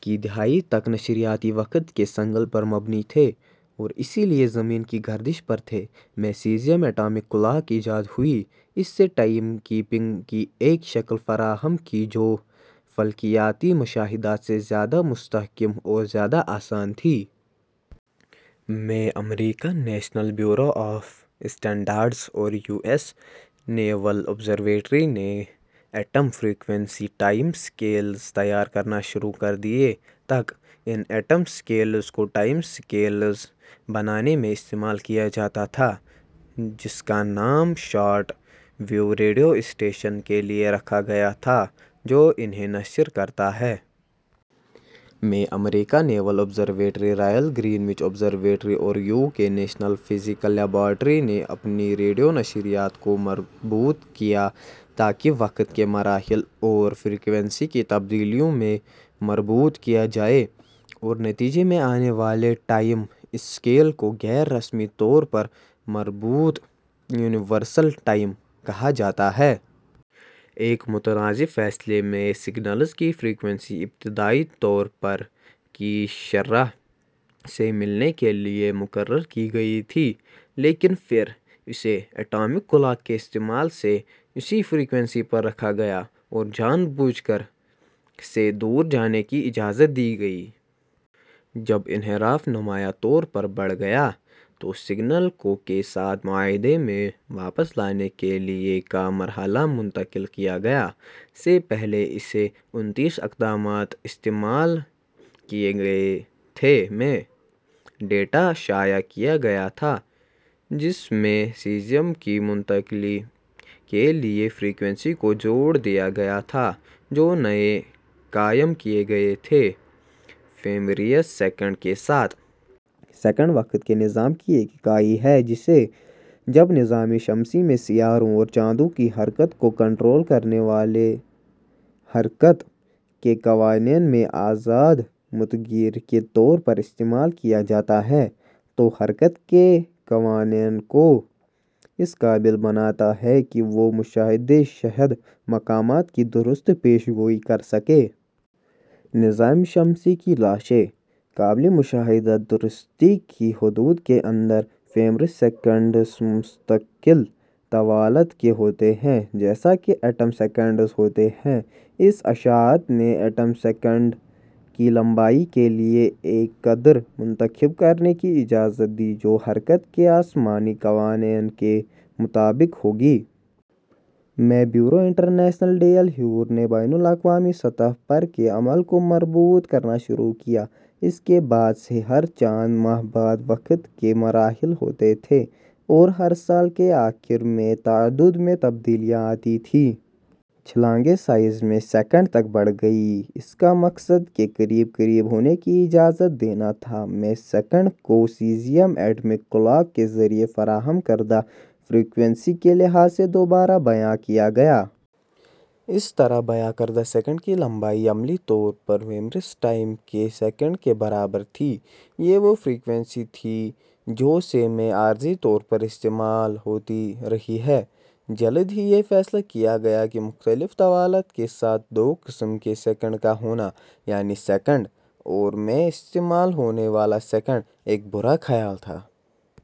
کی دہائی تک، نشریاتی وقت کے سگنل پر مبنی تھے اور اسی لیے زمین کی گردش پر تھے۔ میں سیزیم اٹامک کلاک ایجاد ہوئی۔ اس نے ٹائم کیپنگ کی ایک شکل فراہم کی جو فلکیاتی مشاہدات سے زیادہ مستحکم اور زیادہ آسان تھی۔ میں، امریکا نیشنل بیورو آف اسٹینڈرڈز اور یو ایس نیول آبزرویٹری نے ایٹم فریکوئنسی ٹائم اسکیلز تیار کرنا شروع کر دیے۔ تک، ان ٹائم اسکیلز کو ٹائم سگنلز بنانے میں استعمال کیا جاتا تھا، جس کا نام شارٹ ویو ریڈیو اسٹیشن کے لیے رکھا گیا تھا جو انھیں نشر کرتا ہے۔ میں، امریکا naval observatory, royal Greenwich observatory اور U K national physical laboratory نے اپنی ریڈیو نشریات کو مربوط کیا تاکہ وقت کے مراحل اور فریکوئنسی کی تبدیلیوں کو مربوط کیا جائے اور نتیجے میں آنے والے ٹائم اسکیل کو غیر رسمی طور پر "مربوط یونیورسل ٹائم" کہا جاتا ہے۔ ایک متنازع فیصلے میں، سگنلز کی فریکوئنسی ابتدائی طور پر کی شرح سے ملنے کے لیے مقرر کی گئی تھی، لیکن پھر اسے اٹامک کلاک کے استعمال سے اسی فریکوئنسی پر رکھا گیا اور جان بوجھ کر سے دور جانے کی اجازت دی گئی۔ جب انحراف نمایاں طور پر بڑھ گیا، تو سگنل کو کے ساتھ معاہدے میں واپس لانے کے لیے کا مرحلہ منتقل کیا گیا ۔ سے پہلے ایسے انتیس اقدامات استعمال کیے گئے تھے میں، ڈیٹا شائع کیا گیا تھا جس میں سیزیم کی منتقلی کے لیے فریکوئنسی کو جوڑ دیا گیا تھا، جو نئے قائم کیے گئے تھے، فیمریس سیکنڈ کے ساتھ۔ سیکنڈ وقت کے نظام کی ایک اکائی ہے جسے، جب نظام شمسی میں سیاروں اور چاندوں کی حرکت کو کنٹرول کرنے والے حرکت کے قوانین میں آزاد متغیر کے طور پر استعمال کیا جاتا ہے، تو حرکت کے قوانین کو اس قابل بناتا ہے کہ وہ مشاہدہ شدہ مقامات کی درست پیش گوئی کر سکے۔ نظام شمسی کی لاشیں. قابل مشاہدہ درستی کی حدود کے اندر، فیمیرس سیکنڈز مستقل طوالت کے ہوتے ہیں، جیسا کہ ایٹم سیکنڈز ہوتے ہیں۔ اس اشاعت نے ایٹم سیکنڈ کی لمبائی کے لیے ایک قدر منتخب کرنے کی اجازت دی جو حرکت کے آسمانی قوانین کے مطابق ہوگی۔ میں، Bureau International de l'Heure نے بین الاقوامی سطح پر کے عمل کو مربوط کرنا شروع کیا ۔ اس کے بعد سے، ہر چند ماہ بعد وقت کے مراحل ہوتے تھے اور ہر سال کے آخر میں تعدد میں تبدیلیاں آتی تھیں۔ چھلانگیں سائز میں سیکنڈ تک بڑھ گئیں۔ اس کا مقصد کے قریب قریب ہونے کی اجازت دینا تھا۔ میں، سیکنڈ کو سیزیم ایٹمک کلاک کے ذریعے فراہم کردہ فریکوئنسی کے لحاظ سے دوبارہ بیان کیا گیا۔ اس طرح بیان کردہ سیکنڈ کی لمبائی عملی طور پر فیمیرس ٹائم کے سیکنڈ کے برابر تھی۔ یہ وہ فریکوئنسی تھی جو سے میں عارضی طور پر استعمال ہوتی رہی ہے۔ جلد ہی یہ فیصلہ کیا گیا کہ مختلف طوالت کے ساتھ دو قسم کے سیکنڈ کا ہونا، یعنی سیکنڈ اور میں استعمال ہونے والا سیکنڈ، ایک برا خیال تھا۔